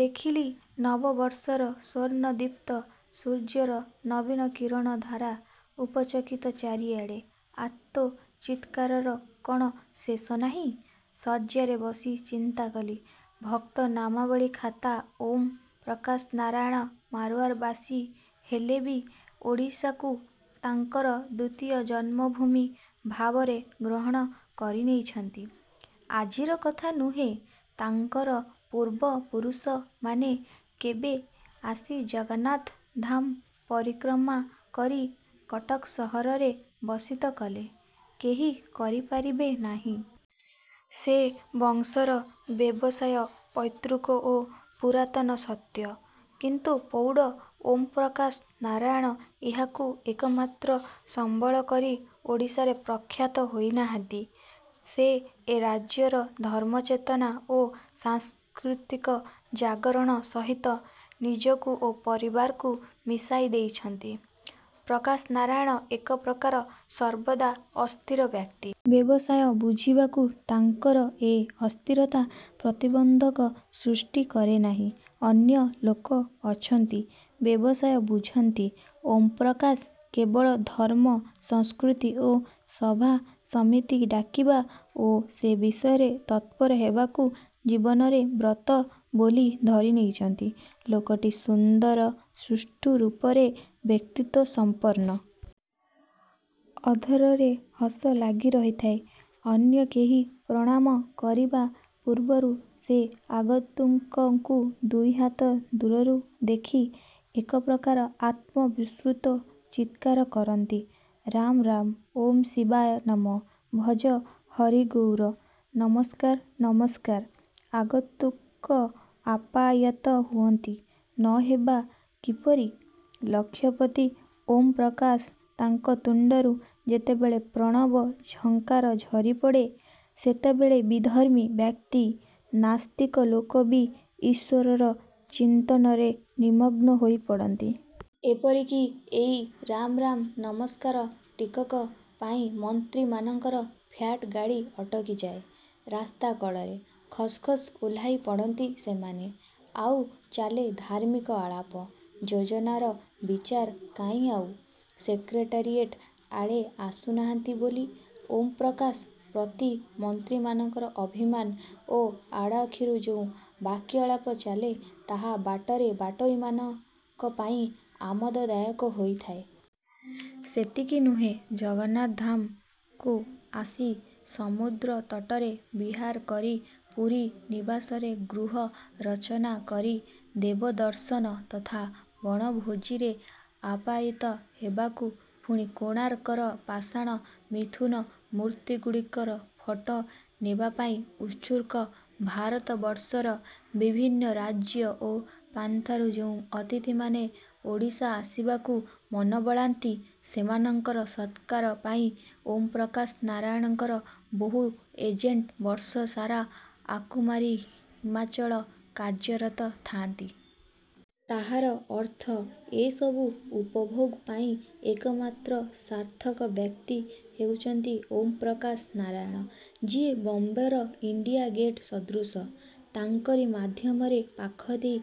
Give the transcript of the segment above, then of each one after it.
ଦେଖିଲି ନବବର୍ଷର ସ୍ଵର୍ଣ୍ଣଦୀପ୍ତ ସୂର୍ଯ୍ୟର ନବୀନ କିରଣ ଧାରା… ଉପଚକିତ ଚାରିଆଡ଼େ... ଆର୍ତ୍ତ ଚିତ୍କାରର କ'ଣ ଶେଷ ନାହିଁ? ଶଯ୍ୟାରେ ବସି ଚିନ୍ତାକଲି। ଭକ୍ତନାମାବଳୀ ଖାତା ଓଁ ପ୍ରକାଶ ନାରାୟଣ ମାରୱାରବାସୀ ହେଲେ ବି ଓଡ଼ିଶାକୁ ତାଙ୍କର ଦ୍ଵିତୀୟ ଜନ୍ମଭୂମି ଭାବରେ ଗ୍ରହଣ କରିନେଇଛନ୍ତି। ଆଜିର କଥା ନୁହେଁ, ତାଙ୍କର ପୂର୍ବପୁରୁଷମାନେ କେବେ ଆସି ଜଗନ୍ନାଥ ଧାମ ପରିକ୍ରମା କରି କଟକ ସହରରେ ବସତି କଲେ, କେହି କହିପାରିବେନାହିଁ। ସେ ବଂଶର ବ୍ୟବସାୟ ପୈତୃକ ଓ ପୁରାତନ ସତ, କିନ୍ତୁ ପ୍ରୌଢ଼ ଓଁ ପ୍ରକାଶ ନାରାୟଣ ଏହାକୁ ଏକମାତ୍ର ସମ୍ବଳକରି ଓଡ଼ିଶାର ପ୍ରଖ୍ୟାତ ହୋଇନାହାନ୍ତି, ସେ ଏ ରାଜ୍ୟର ଧର୍ମଚେତନା ଓ ସାଂସ୍କୃତିକ ଜାଗରଣ ସହିତ ନିଜକୁ ଓ ପରିବାରକୁ ମିଶାଇଦେଇଛନ୍ତି। ପ୍ରକାଶ ନାରାୟଣ ଏକପ୍ରକାର ସର୍ବଦା ଅସ୍ଥିର ବ୍ୟକ୍ତି। ବ୍ୟବସାୟ ବୁଝିବାକୁ ତାଙ୍କର ଏ ଅସ୍ଥିରତା ପ୍ରତିବନ୍ଧକ ସୃଷ୍ଟି କରେନାହିଁ। ଅନ୍ୟ ଲୋକ ଅଛନ୍ତି, ବ୍ୟବସାୟ ବୁଝନ୍ତି। ଓଁ ପ୍ରକାଶ କେବଳ ଧର୍ମ, ସଂସ୍କୃତି ଓ ସଭାସମିତି ଡାକିବା ଓ ସେ ବିଷୟରେ ତତ୍ପର ହେବାକୁ ଜୀବନରେ ବ୍ରତ ବୋଲି ଧରିନେଇଛନ୍ତି। ଲୋକଟି, ସୁନ୍ଦର ସୁଷ୍ଠୁ ରୂପର ବ୍ୟକ୍ତିତ୍ଵସମ୍ପନ୍ନ। ଅଧରରେ ହସ ଲାଗିରହିଥାଏ। ଅନ୍ୟ କେହି ପ୍ରଣାମ କରିବା ପୂର୍ବରୁ ସେ ଆଗନ୍ତୁକଙ୍କୁ ଦୁଇହାତ ଦୂରରୁ ଦେଖି ଏକପ୍ରକାର ଆତ୍ମ-ବିସ୍ତୃତ ଚିତ୍କାର କରନ୍ତି–'ରାମ୍-ରାମ୍, ଓଁ ଶିବାୟଃ ନମଃ, ଭଜ ହରି ଗୌର... ନମସ୍କାର... ନମସ୍କାର... ' ଆଗନ୍ତୁକ ଆପ୍ୟାୟିତ ହୁଅନ୍ତି। ନ ହେବେ କିପରି? ଲକ୍ଷପତି ଓଁ ପ୍ରକାଶ, ତାଙ୍କ ତୁଣ୍ଡରୁ ଯେତେବେଳେ ପ୍ରଣବ ଝଙ୍କାର ଝରିପଡ଼େ, ସେତେବେଳେ ବିଧର୍ମୀ ବ୍ୟକ୍ତି, ନାସ୍ତିକ ଲୋକ ବି ଈଶ୍ଵର ଚିନ୍ତନରେ ନିମଗ୍ନ ହୋଇ ପଡ଼ନ୍ତି। ଏପରିକି ଏଇ 'ରାମ୍... ରାମ୍... ନମସ୍କାର' ଟିକିକ ପାଇଁ ମନ୍ତ୍ରୀମାନଙ୍କର ଫିଆଟ୍ ଗାଡ଼ି, ଅଟକିଯାଏ ରାସ୍ତା କଡ଼ରେ। ଖସ୍ ଖସ୍ ଓହ୍ଲାଇ ପଡ଼ନ୍ତି ସେମାନେ। ଆଉ ଚାଲେ ଧାର୍ମିକ ଆଳାପ, ଯୋଜନାର ବିଚାର... କାହିଁ ଆଉ ସେକ୍ରେଟାରୀୟେଟ୍ ଆଡ଼େ ଆସୁନାହାନ୍ତି ବୋଲି। ଓଁ ପ୍ରକାଶ ପ୍ରତି ମନ୍ତ୍ରୀମାନଙ୍କର ଅଭିମାନ ଓ ଆଡ଼ରୁଷାର ଯେଉଁ ବାକ୍ୟାଳାପ ଚାଲେ, ତାହା ବାଟର ବାଟୋଇମାନଙ୍କ ପାଇଁ ଆମୋଦଦାୟକ ହୋଇଥାଏ। ସେତିକି ନୁହେଁ, ଜଗନ୍ନାଥ ଧାମକୁ ଆସି ସମୁଦ୍ର ତଟରେ ବିହାର କରି ପୁରୀ ନିବାସରେ ଗୃହ ରଚନା କରି ଦେବଦର୍ଶନ ତଥା ବଣଭୋଜିରେ ଆପ୍ୟାୟିତ ହେବାକୁ ପୁଣି କୋଣାର୍କର ପାଷାଣ ମିଥୁନ ମୂର୍ତ୍ତିଗୁଡ଼ିକର ଫଟୋ ନେବାପାଇଁ ଉତ୍ସୁକ ଭାରତବର୍ଷର ବିଭିନ୍ନ ରାଜ୍ୟ ଓ ପ୍ରାନ୍ତରୁ ଯେଉଁ ଅତିଥିମାନେ ଓଡ଼ିଶା ଆସିବାକୁ ମନ ବଳାନ୍ତି, ସେମାନଙ୍କର ସତ୍କାର ପାଇଁ ଓଁ ପ୍ରକାଶ ନାରାୟଣଙ୍କର ବହୁ ଏଜେଣ୍ଟ୍ ବର୍ଷସାରା ଆକୁମାରୀ ହିମାଚଳ କାର୍ଯ୍ୟରତ ଥାନ୍ତି। ତାହାର ଅର୍ଥ, ଏସବୁ ଉପଭୋଗ ପାଇଁ ଏକମାତ୍ର ସାର୍ଥକ ବ୍ୟକ୍ତି ହେଉଛନ୍ତି ଓଁ ପ୍ରକାଶ ନାରାୟଣ ଯିଏ ବମ୍ବେର ଇଣ୍ଡିଆ ଗେଟ୍ ସଦୃଶ। ତାଙ୍କରି ମାଧ୍ୟମରେ, ପାଖ ଦେଇ,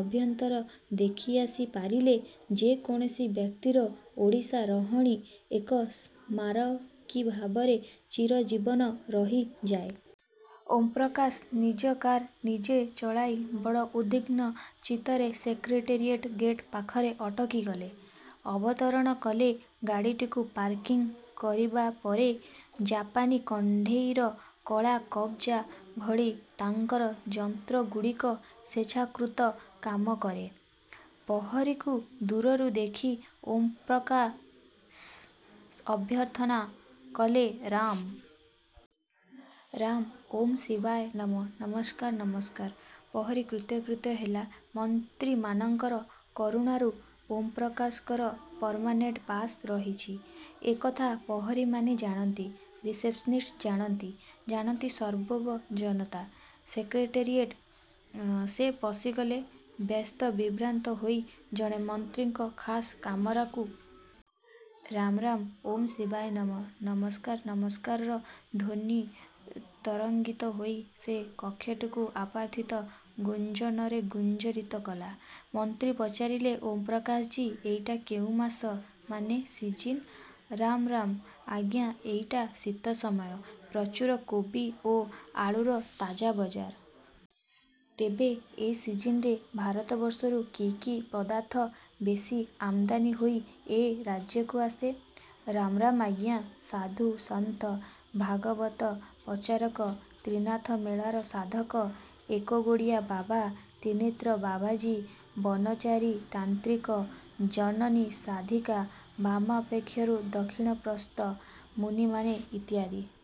ଅଭ୍ୟନ୍ତର ଦେଖିଆସି ପାରିଲେ ଯେକୌଣସି ବ୍ୟକ୍ତିର ଓଡ଼ିଶା ରହଣୀ ଏକ ସ୍ମାରକୀ ଭାବରେ ଚିରଜୀବନ ରହିଯାଏ। ଓଁ ପ୍ରକାଶ ନିଜ କାର ନିଜେ ଚଳାଇ ବଡ଼ ଉଦ୍ବିଗ୍ନ ଚିତ୍ତରେ ସେକ୍ରେଟାରିଏଟ୍ ଗେଟ୍ ପାଖରେ ଅଟକିଗଲେ। ଅବତରଣ କଲେ ଗାଡ଼ିଟିକୁ ପାର୍କିଂ କରିବାପରେ। ଜାପାନୀ କଣ୍ଢେଇର କଳ କବ୍ଜା ଭଳି ତାଙ୍କର ଯନ୍ତ୍ରଗୁଡ଼ିକ ସ୍ଵେଚ୍ଛାକୃତ କାମକରେ। ପ୍ରହରୀକୁ ଦୂରରୁ ଦେଖି ଓଁ ପ୍ରକାଶ ଅଭ୍ୟର୍ଥନା କଲେ- 'ରାମ୍... ରାମ୍, ଓଁ ଶିବାୟ ନମଃ.. ନମସ୍କାର ନମସ୍କାର। ' ପ୍ରହରୀ କୃତ୍ୟକୃତ୍ୟ ହେଲା। ମନ୍ତ୍ରୀମାନଙ୍କର କରୁଣାରୁ ଓଁ ପ୍ରକାଶଙ୍କର ପରମାନେଣ୍ଟ ପାଶ୍ ରହିଛି। ଏ କଥା ପ୍ରହରୀମାନେ ଜାଣନ୍ତି, ରିସେପସନିଷ୍ଟ ଜାଣନ୍ତି, ଜାଣନ୍ତି ସର୍ବୈବ ଜନତା ସେକ୍ରେଟେରୀୟଟ୍ର। ସେ ପଶିଗଲେ ବ୍ୟସ୍ତ ବିଭ୍ରାନ୍ତ ହୋଇ ଜଣେ ମନ୍ତ୍ରୀଙ୍କ ଖାସ୍ କାମରାକୁ...। 'ରାମ୍... ରାମ୍ ଓଁ ଶିବାୟ ନମଃ-ନମସ୍କାରଂ ନମସ୍କାରଂ'ର ଧ୍ୱନି ତରଙ୍ଗାୟିତ ହୋଇ ସେ କକ୍ଷଟିକୁ ଅପାର୍ଥିବ ଗୁଞ୍ଜନରେ ଗୁଞ୍ଜରିତ କଲା। ମନ୍ତ୍ରୀ ପଚାରିଲେ–ଓଁ ପ୍ରକାଶଜୀ... ଏଇଟା କେଉଁ ମାସ ମାନେ ସିଜିନ୍? -ରାମ୍... ରାମ୍ ଆଜ୍ଞା, ଏଇଟା ଶୀତ ସମୟ... ପ୍ରଚୁର କୋବି ଓ ଆଳୁର ତାଜା ବଜାର। -ତେବେ ଏ ସିଜିନରେ ଭାରତବର୍ଷରୁ କି କି ପଦାର୍ଥ ବେଶି ଆମଦାନୀ ହୋଇ ଏ ରାଜ୍ୟକୁ ଆସେ? -ରାମ୍... ରାମ୍ ଆଜ୍ଞା! ସାଧୁ, ସନ୍ଥ, ଭଗବତ ପ୍ରଚାରକ, ତ୍ରିନାଥ ମେଳାର ସାଧକ, ଏକଗୋଡ଼ିଆ ବାବା, ତ୍ରିନେତ୍ର ବାବାଜୀ, ବନଚାରୀ ତାନ୍ତ୍ରିକ, ଜନନୀ ସାଧିକା, ବାମାକ୍ଷେପାର ଦକ୍ଷିଣପ୍ରସ୍ତ, ମୁନୀମାନେ ଇତ୍ୟାଦି.